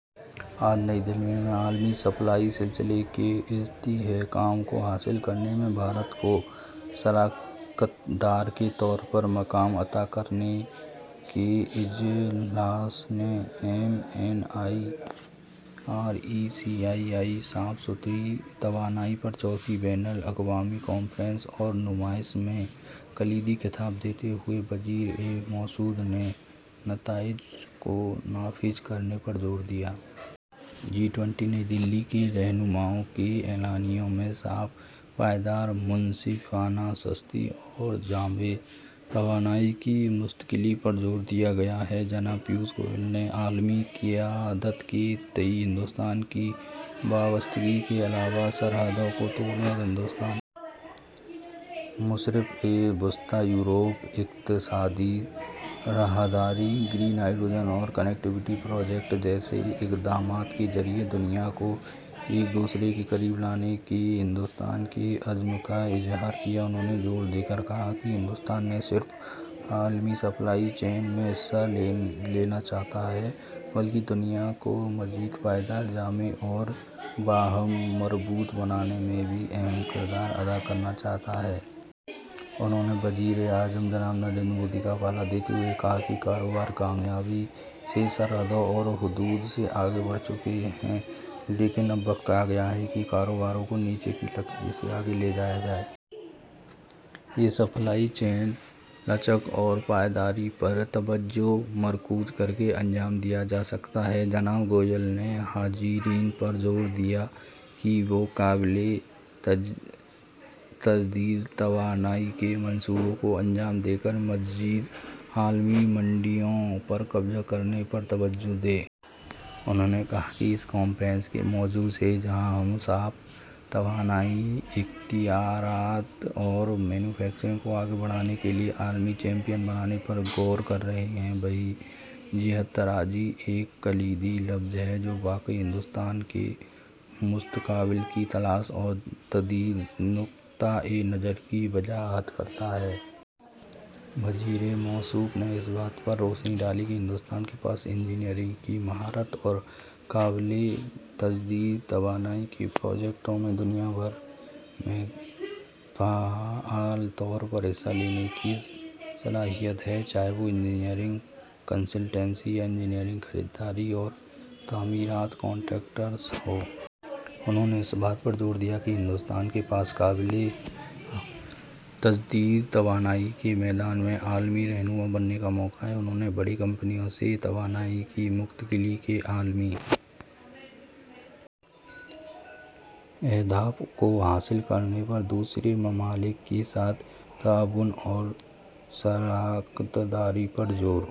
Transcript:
آج نئی دہلی میں 'عالمی سپلائی سلسلے کے استحکام کو حاصل کرنے میں بھارت کو شراکت دار کے طور پر مقام عطاکرنے 'کے اجلاس نے 'ایم این آرای -سی آئی آئی: صاف ستھری توانائی پر چوتھی بین الاقوامی کانفرنس اور نمائش' میں کلیدی خطبہ دیتے ہوئے وزیرموصوف نے نتائج کو نافذ کرنے پر زور دیا۔ جی ٹوئنٹی نئی دہلی کے رہنماؤں کے اعلامیہ میں صاف، پائیدار، منصفانہ، سستی اور جامع توانائی کی منتقلی پرزوردیاگیاہے۔ جناب پیوش گوئل نے عالمی قیادت کے تئیں ہندوستان کی وابستگی کے علاوہ سرحدوں کو توڑنےاور ہندوستان۔ مشرق وسطیٰ۔ یورپ اقتصادی راہداری، گرین ہائیڈروجن اور کنیکٹیویٹی پروجیکٹس جیسے اقدامات کے ذریعے دنیا کو ایک دوسرے کے قریب لانے کے ہندوستان کے عزم کااظہارکیا۔ انہوں نے زور دے کر کہا کہ ہندوستان نہ صرف عالمی سپلائی چین میں حصہ لینا چاہتا ہے بلکہ دنیا کو مزید پائیدار، جامع اور باہم مربوط بنانے میں بھی اہم کردار ادا کرنا چاہتا ہے۔ انہوں نے وزیر اعظم جناب نریندر مودی کا حوالہ دیتے ہوئے کہاکہ ''کاروبار کامیابی سے سرحدوں اور حدود سے آگے بڑھ چکے ہیں، لیکن اب وقت آگیا ہے کہ کاروبار کو نیچے کی لکیر سے آگے لے جایا جائے۔ یہ سپلائی چین لچک اور پائیداری پر توجہ مرکوز کرکے انجام دیا جاسکتا ہے۔ '' جناب گوئل نے حاضرین پر زور دیا کہ وہ قابل تجدید توانائی کے منصوبوں کو انجام دے کر مزید عالمی منڈیوں پر قبضہ کرنے پر توجہ دیں۔ انہوں نے کہا کہ اس کانفرنس کے موضوع سے جہاں ہم صاف توانائی، اختراعات اور مینوفیکچرنگ کو آگے بڑھانے کے لیے عالمی چیمپئن بنانے پر غور کر رہے ہیں، وہیں جدت طرازی ایک کلیدی لفظ ہے جو واقعی ہندوستان کے مستقبل کی تلاش اور جدید نقطہ نظر کی وضاحت کرتا ہے۔ وزیر موصوف نے اس بات پر روشنی ڈالی کہ ہندوستان کے پاس انجینئرنگ کی مہارت اور قابل تجدید توانائی کے پروجیکٹوں میں دنیا بھر میں فعال طور پر حصہ لینے کی صلاحیت ہے، چاہے وہ انجینئرنگ، کنسلٹنسی، یا انجینئرنگ، خریداری اورتعمیرات کنٹریکٹس ہو۔ انہوں نے اس بات پر زور دیا کہ ہندوستان کے پاس قابل تجدید توانائی کے میدان میں عالمی رہنما بننے کا موقع ہے۔ انھوں نے بڑی کمپنیوں سے توانائی کی منتقلی کے عالمی اہداف کو حاصل کرنے میں دوسرے ممالک کے ساتھ تعاون اور شراکت داری پر زور